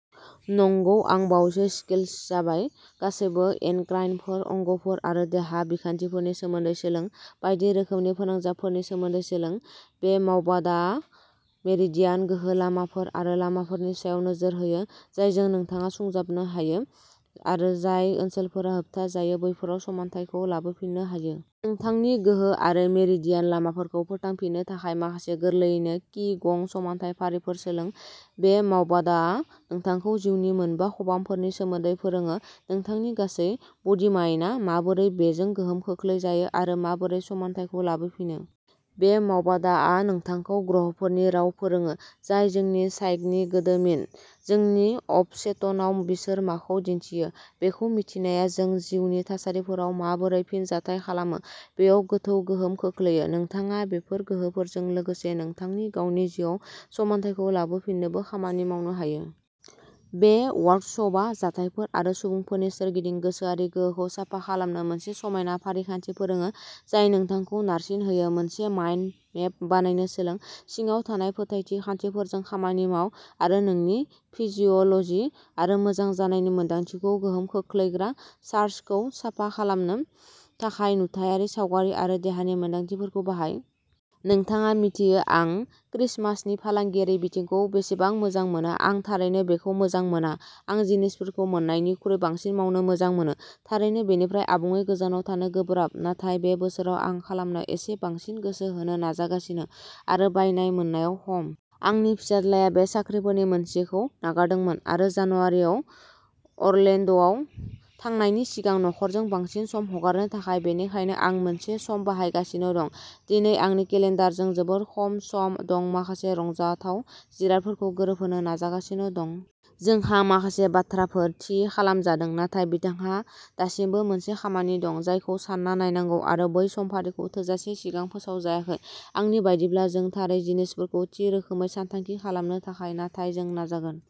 नंगौ, आं बावैसो स्किल्स जाबाय। गासैबो एन्डक्राइनफोर, अंगफोर आरो देहा बिखान्थिफोरनि सोमोन्दै सोलों। बायदि रोखोमनि फोनांजाबफोरनि सोमोन्दै सोलों। बे मावबादाआ मेरिडियान गोहो लामाफोर आरो लामाफोरनि सायाव नोजोर होयो, जायजों नोंथाङा सुंजाबनो हायो आरो जाय ओनसोलफोरा होबथाजायो, बैफोराव समानथायखौ लाबोफिननो हायो। नोंथांनि गोहो आरो मेरिडियान लामाफोरखौ फोथांफिन्नो थाखाय माखासे गोरलैयैनो कि गं समानथाय फारिफोर सोलों। बे मावबादाआ नोंथांखौ जिउनि मोनबा खबामफोरनि सोमोन्दै फोरोङो, नोंथांनि गासै बडीमाइन्डआ माबोरै बेजों गोहोम खोख्लैजायो, आरो माबोरै समानथायखौ लाबोफिनो। बे मावबादाआ नोंथांखौ ग्रहफोरनि राव फोरोङो, जाय जोंनि साइकनि गोदोमिन। जोंनि अबचेतनआव बिसोर माखौ दिन्थियो बेखौ मिथिनाया जों जिउनि थासारिफोराव माबोरै फिनजाथाय खालामो बेयाव गोथौ गोहोम खोख्लैयो। नोंथाङा बेफोर गोहोफोरजों लोगोसे नोंथांनि गावनि जिउआव समानथायखौ लाबोफिननोबो खामानि मावनो हायो। बे वर्कसपआ जाथायफोर आरो सुबुंफोरनि सोरगिदिं गोसोआरि गोहोखौ साफा खालामनो मोनसे समायना फारिखान्थि फोरोङो, जाय नोंथांखौ नारसिनहोयो। मोनसे माइन्ड मेप बानायनो सोलों, सिङाव थानाय फोथायथि खान्थिफोरजों खामानि माव, आरो नोंनि फिजिअल'जि आरो मोजां जानायनि मोनदांथिखौ गोहोम खोख्लैग्रा चार्जखौ साफा खालामनो थाखाय नुथायारि सावगारि आरो देहानि मोनदांथिफोरखौ बाहाय। नोंथाङा मिथियो आं क्रिसमासनि फालांगियारि बिथिंखौ बेसेबां मोजां मोना। आं थारैनो बेखौ मोजां मोना। आं जिनिसफोरखौ मोननायनिख्रुइ बांसिन मावनो मोजां मोनो। थारैनो, बेनिफ्राय आबुङै गोजानाव थानो गोब्राब नाथाय बे बोसोराव आं खालामनायाव एसे बांसिन गोसो होनो नाजागासिनो, आरो बायनाय/मोननायाव खम। आंनि फिसाज्लाया बे साख्रिफोरनि मोनसेखौ नागारदोंमोन आरो जानुवारियाव अरलेन्ड'आव थांनायनि सिगां नखरजों बांसिन सम हगारनो थाखाय, बेनिखायनो आं मोनसे सम बाहायगासिनो दं। दिनै आंनि केलेन्डारजों जोबोद खम सम दं, माखासे रंजाथाव जिरादफोरखौ गोरोबहोनो नाजागासिनो दं। जोंहा माखासे बाथ्राफोर थि खालामजादों नाथाय बिथांहा दासिमबो मोनसे खामानि दं जायखौ सान्ना नायनांगौ आरो बै समफारिखौ थोजासे सिगां फोसावजायाखै, आंनि बायदिब्ला, जों थारै जिनिसफोरखौ थि रोखोमै सानथांखि खालामनो थाखाय, नाथाय जों नाजागोन।